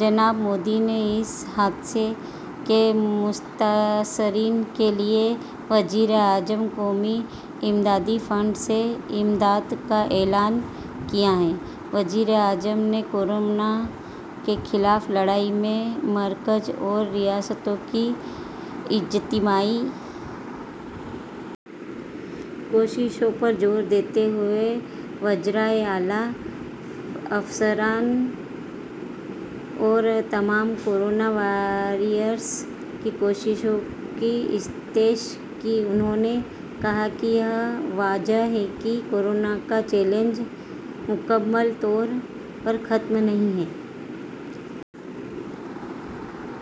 جناب مودی نے اس حادثے کے متاثرین کے لیے وزیر اعظم قومی امدادی فنڈ سے امداد کا اعلان کیا ہے وزیر اعظم نے کورونا کے خلاف لڑائی میں مرکز اور ریاستوں کی اجتماعی کوششوں پر زور دیتے ہوئے وزرائے اعلیٰ افسران اور تمام کورونا واریئرز کی کوششوں کی ستائش کی انہوں نے کہا کہ یہ واضح ہے کہ کورونا کا چیلنج مکمل طور پر ختم نہیں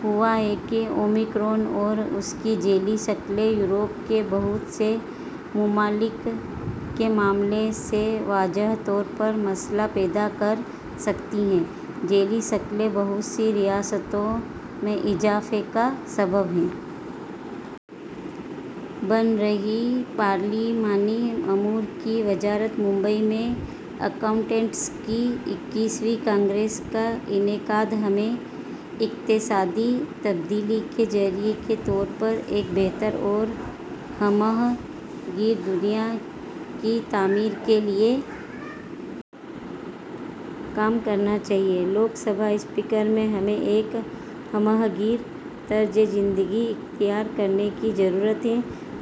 ہوا ہے اومیکرون اور اس کی ذیلی شکلیں یورپ کے بہت سے ممالک کے معاملے سے واضح طور پر مسئلہ پیدا کر سکتی ہیں ذیلی شکلیں بہت سی ریاستوں میں اضافے کا سبب بن رہی ہیں پارلیمانی امور کی وزارت ممبئی میں اکاؤنٹنٹس کی اکیسویں کانگریس کا انعقاد ہمیں اقتصادی تبدیلی کے ذریعہ کے طور پر ایک بہتر اور ہمہ گیر دنیا کی تعمیر کے لیے کام کرنا چاہیے لوک سبھا اسپیکر ہمیں ایک ہمہ گیر طرز زندگی اختیار کرنے کی ضرورت ہے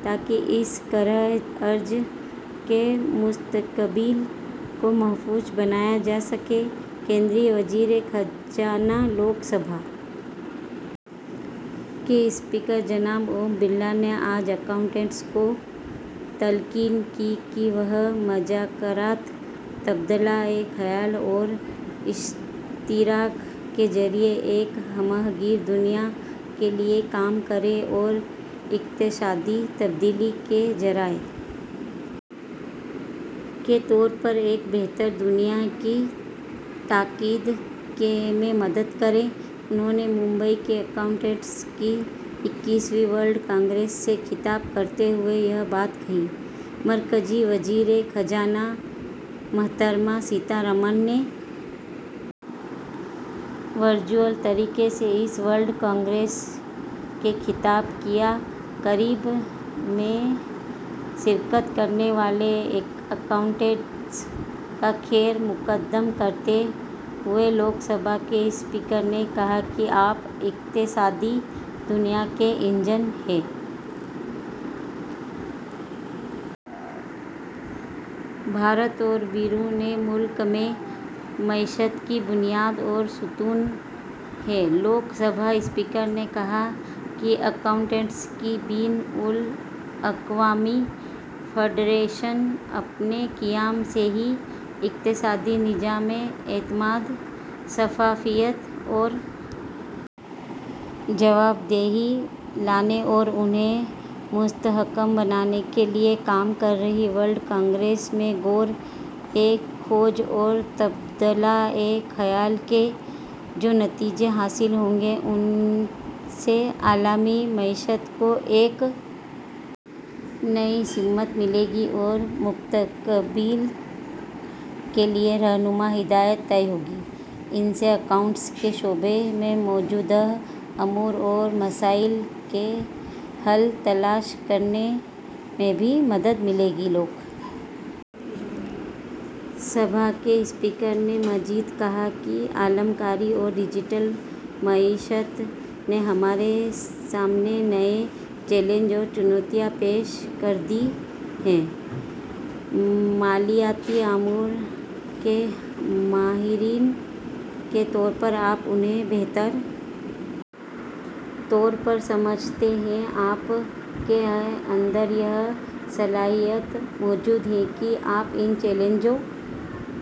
تاکہ اس کرۂ ارض کے مستقبل کو محفوظ بنایا جا سکے مرکزی وزیر خزانہ لوک سبھا کے اسپیکر جناب اوم برلا نے آج اکاؤنٹس کو تلقین کی کہ وہ مذاکرات تبادلہ خیال اور اشتراک کے ذریعہ ایک ہمہ گیر دنیا کے لیے کام کریں اور اقتصادی تبدیلی کے ذرائع کے طور پر ایک بہتر دنیا کی تعمیر میں مدد کریں انہوں نے ممبئی میں اکاؤنٹنٹس کی اکیسویں ورلڈ کانگریس سے خطاب کرتے ہوئے یہ بات کہی مرکزی وزیر خزانہ محترمہ سیتارمن نے ورچوئل طریقے سے اس ورلڈ کانگریس سے خطاب کیا تقریب میں شرکت کرنے والے اکاؤنٹس کا خیر مقدم کرتے ہوئے لوک سبھا کے اسپیکر نے کہا کہ آپ اقتصادی دنیا کے انجن ہیں اور بھارت اور بیرون ملک میں معیشت کی بنیاد اور ستون ہیں لوک سبھا اسپیکر نے کہا کہ اکاؤنٹس کی بین الاقوامی فیڈریشن اپنے قیام سے ہی اقتصادی نظام میں اعتماد شفافیت اور جوابدہی لانے اور انہیں مستحکم بنانے کے لیے کام کر رہی ہے ورلڈ کانگریس میں غور و خوض اور تبادلہ خیال کے جو نتائج حاصل ہوں گے ان سے عالمی معیشت کو ایک نئی سمت ملے گی اور مستقبل کے لیے رہنما ہدایات طے ہوں گی ان سے اکاؤنٹس کے شعبے میں موجودہ امور اور مسائل کے حل تلاش کرنے میں بھی مدد ملے گی لوک سبھا کے اسپیکر نے مزید کہا کہ عالم کاری اور ڈیجیٹل معیشت نے ہمارے سامنے نئے چیلنج اور چنوتیاں پیش کر دی ہیں مالیاتی امور کے ماہرین کے طور پر آپ انہیں بہتر طور پر سمجھتے ہیں آپ کے اندر یہ صلاحیت موجود ہے کہ آپ ان چیلنجوں